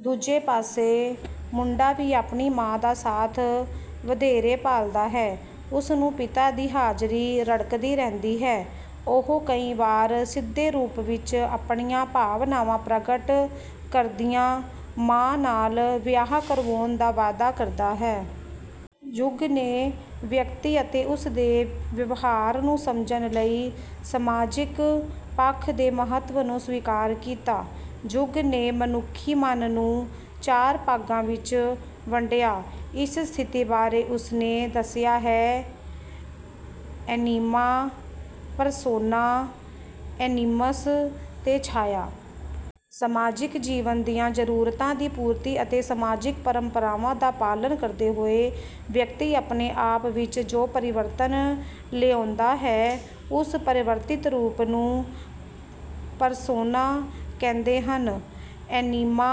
ਦੂਜੇ ਪਾਸੇ ਮੁੰਡਾ ਵੀ ਆਪਣੀ ਮਾਂ ਦਾ ਸਾਥ ਵਧੇਰੇ ਭਾਲਦਾ ਹੈ। ਉਸਨੂੰ ਪਿਤਾ ਦੀ ਹਾਜ਼ਰੀ ਰੜਕਦੀ ਰਹਿੰਦੀ ਹੈ। ਉਹ ਕਈ ਵਾਰ ਸਿੱਧੇ ਰੂਪ ਵਿੱਚ ਆਪਣੀਆਂ ਭਾਵਨਾਵਾਂ ਪ੍ਰਗਟ ਕਰਦਿਆਂ ਮਾਂ ਨਾਲ ਵਿਆਹ ਕਰਵਾਉਣ ਦਾ ਵਾਅਦਾ ਕਰਦਾ ਹੈ। ਯੁੰਗ ਨੇ ਵਿਅਕਤੀ ਅਤੇ ਉਸਦੇ ਵਿਵਹਾਰ ਨੂੰ ਸਮਝਣ ਲਈ ਸਮਾਜਿਕ ਪੱਖ ਦੇ ਮਹੱਤਵ ਨੂੰ ਸਵੀਕਾਰ ਕੀਤਾ। ਯੁੰਗ ਨੇ ਮਨੁੱਖੀ ਮਨ ਨੂੰ ਚਾਰ ਭਾਗਾਂ ਵਿੱਚ ਵੰਡਿਆ। ਇਸ ਸਥਿਤੀ ਬਾਰੇ ਉਸਨੇ ਦੱਸਿਆ ਹੈ: ਐਨੀਮਾ, ਪਰਸੋਨਾ, ਐਨੀਮਸ ਤੇ ਛਾਇਆ। ਸਮਾਜਿਕ ਜੀਵਨ ਦੀਆਂ ਜ਼ਰੂਰਤਾਂ ਦੀ ਪੂਰਤੀ ਅਤੇ ਸਮਾਜਿਕ ਪਰੰਪਰਾਵਾਂ ਦਾ ਪਾਲਣ ਕਰਦੇ ਹੋਏ ਵਿਅਕਤੀ ਆਪਣੇ ਆਪ ਵਿੱਚ ਜੋ ਪਰਿਵਰਤਨ ਲਿਆਉਂਦਾ ਹੈ, ਉਸ ਪਰਿਵਰਤਿਤ ਰੂਪ ਨੂੰ ਪਰਸੋਨਾ ਕਹਿੰਦੇ ਹਨ। ਐਨੀਮਾ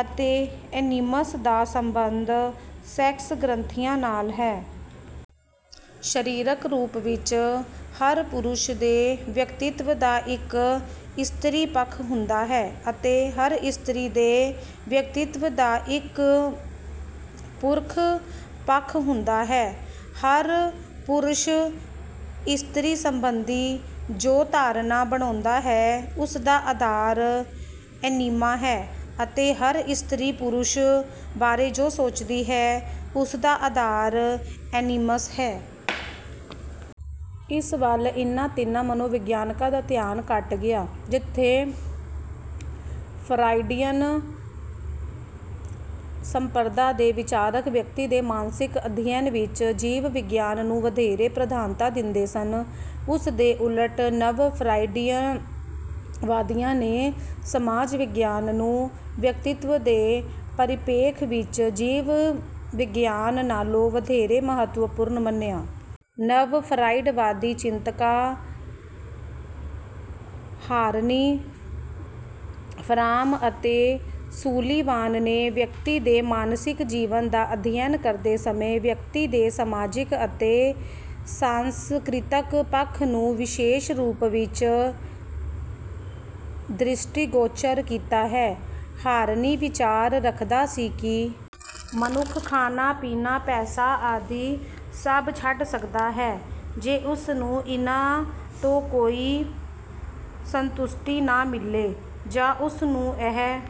ਅਤੇ ਐਨੀਮਸ ਦਾ ਸੰਬੰਧ ਸੈਕਸ ਗ੍ਰੰਥੀਆਂ ਨਾਲ ਹੈ। ਸਰੀਰਿਕ ਰੂਪ ਵਿੱਚ ਹਰ ਪੁਰਸ਼ ਦੇ ਵਿਅਕਤਿਤਵ ਦਾ ਇੱਕ ਇਸਤਰੀ ਪੱਖ ਹੁੰਦਾ ਹੈ ਅਤੇ ਹਰ ਇਸਤਰੀ ਦੇ ਵਿਅਕਤਿਤਵ ਦਾ ਇੱਕ ਪੁਰਖ ਪੱਖ ਹੁੰਦਾ ਹੈ। ਹਰ ਪੁਰਸ਼ ਇਸਤਰੀ ਸੰਬੰਧੀ ਜੋ ਧਾਰਨਾ ਬਣਾਉਂਦਾ ਹੈ, ਉਸਦਾ ਆਧਾਰ ਐਨੀਮਾ ਹੈ ਅਤੇ ਹਰ ਇਸਤਰੀ ਪੁਰਸ਼ ਬਾਰੇ ਜੋ ਸੋਚਦੀ ਹੈ, ਉਸਦਾ ਆਧਾਰ ਐਨੀਮਸ ਹੈ। ਇਸ ਵੱਲ ਇਨ੍ਹਾਂ ਤਿੰਨਾਂ ਮਨੋਵਿਗਿਆਨਕਾਂ ਦਾ ਧਿਆਨ ਘੱਟ ਗਿਆ। ਜਿੱਥੇ ਫਰਾਇਡੀਅਨ ਸੰਪਰਦਾ ਦੇ ਵਿਚਾਰਕ ਵਿਅਕਤੀ ਦੇ ਮਾਨਸਿਕ ਅਧਿਐਨ ਵਿੱਚ ਜੀਵ ਵਿਗਿਆਨ ਨੂੰ ਵਧੇਰੇ ਪ੍ਰਧਾਨਤਾ ਦਿੰਦੇ ਸਨ, ਉਸਦੇ ਉਲਟ ਨਵ-ਫਰਾਇਡਵਾਦੀਆਂ ਨੇ ਸਮਾਜ ਵਿਗਿਆਨ ਨੂੰ ਵਿਅਕਤਿਤਵ ਦੇ ਪਰਿਪੇਖ ਵਿੱਚ ਜੀਵ ਵਿਗਿਆਨ ਨਾਲੋਂ ਵਧੇਰੇ ਮਹੱਤਵਪੂਰਨ ਮੰਨਿਆ। ਨਵ-ਫਰਾਇਡਵਾਦੀ ਚਿੰਤਕਾਂ ਹਾਰਨੀ, ਫਰਾਮ ਅਤੇ ਸੂਲੀਵਾਨ ਨੇ ਵਿਅਕਤੀ ਦੇ ਮਾਨਸਿਕ ਜੀਵਨ ਦਾ ਅਧਿਐਨ ਕਰਦੇ ਸਮੇਂ ਵਿਅਕਤੀ ਦੇ ਸਮਾਜਿਕ ਅਤੇ ਸਾਂਸਕ੍ਰਿਤਕ ਪੱਖ ਨੂੰ ਵਿਸ਼ੇਸ਼ ਰੂਪ ਵਿੱਚ ਦ੍ਰਿਸ਼ਟੀਗੋਚਰ ਕੀਤਾ ਹੈ। ਹਾਰਨੀ ਵਿਚਾਰ ਰੱਖਦਾ ਸੀ ਕਿ ਮਨੁੱਖ ਖਾਣਾ, ਪੀਣਾ, ਪੈਸਾ ਆਦਿ ਸਭ ਛੱਡ ਸਕਦਾ ਹੈ ਜੇ ਉਸਨੂੰ ਇਨ੍ਹਾਂ ਤੋਂ ਕੋਈ ਸੰਤੁਸ਼ਟੀ ਨਾ ਮਿਲੇ ਜਾਂ ਉਸਨੂੰ ਇਹ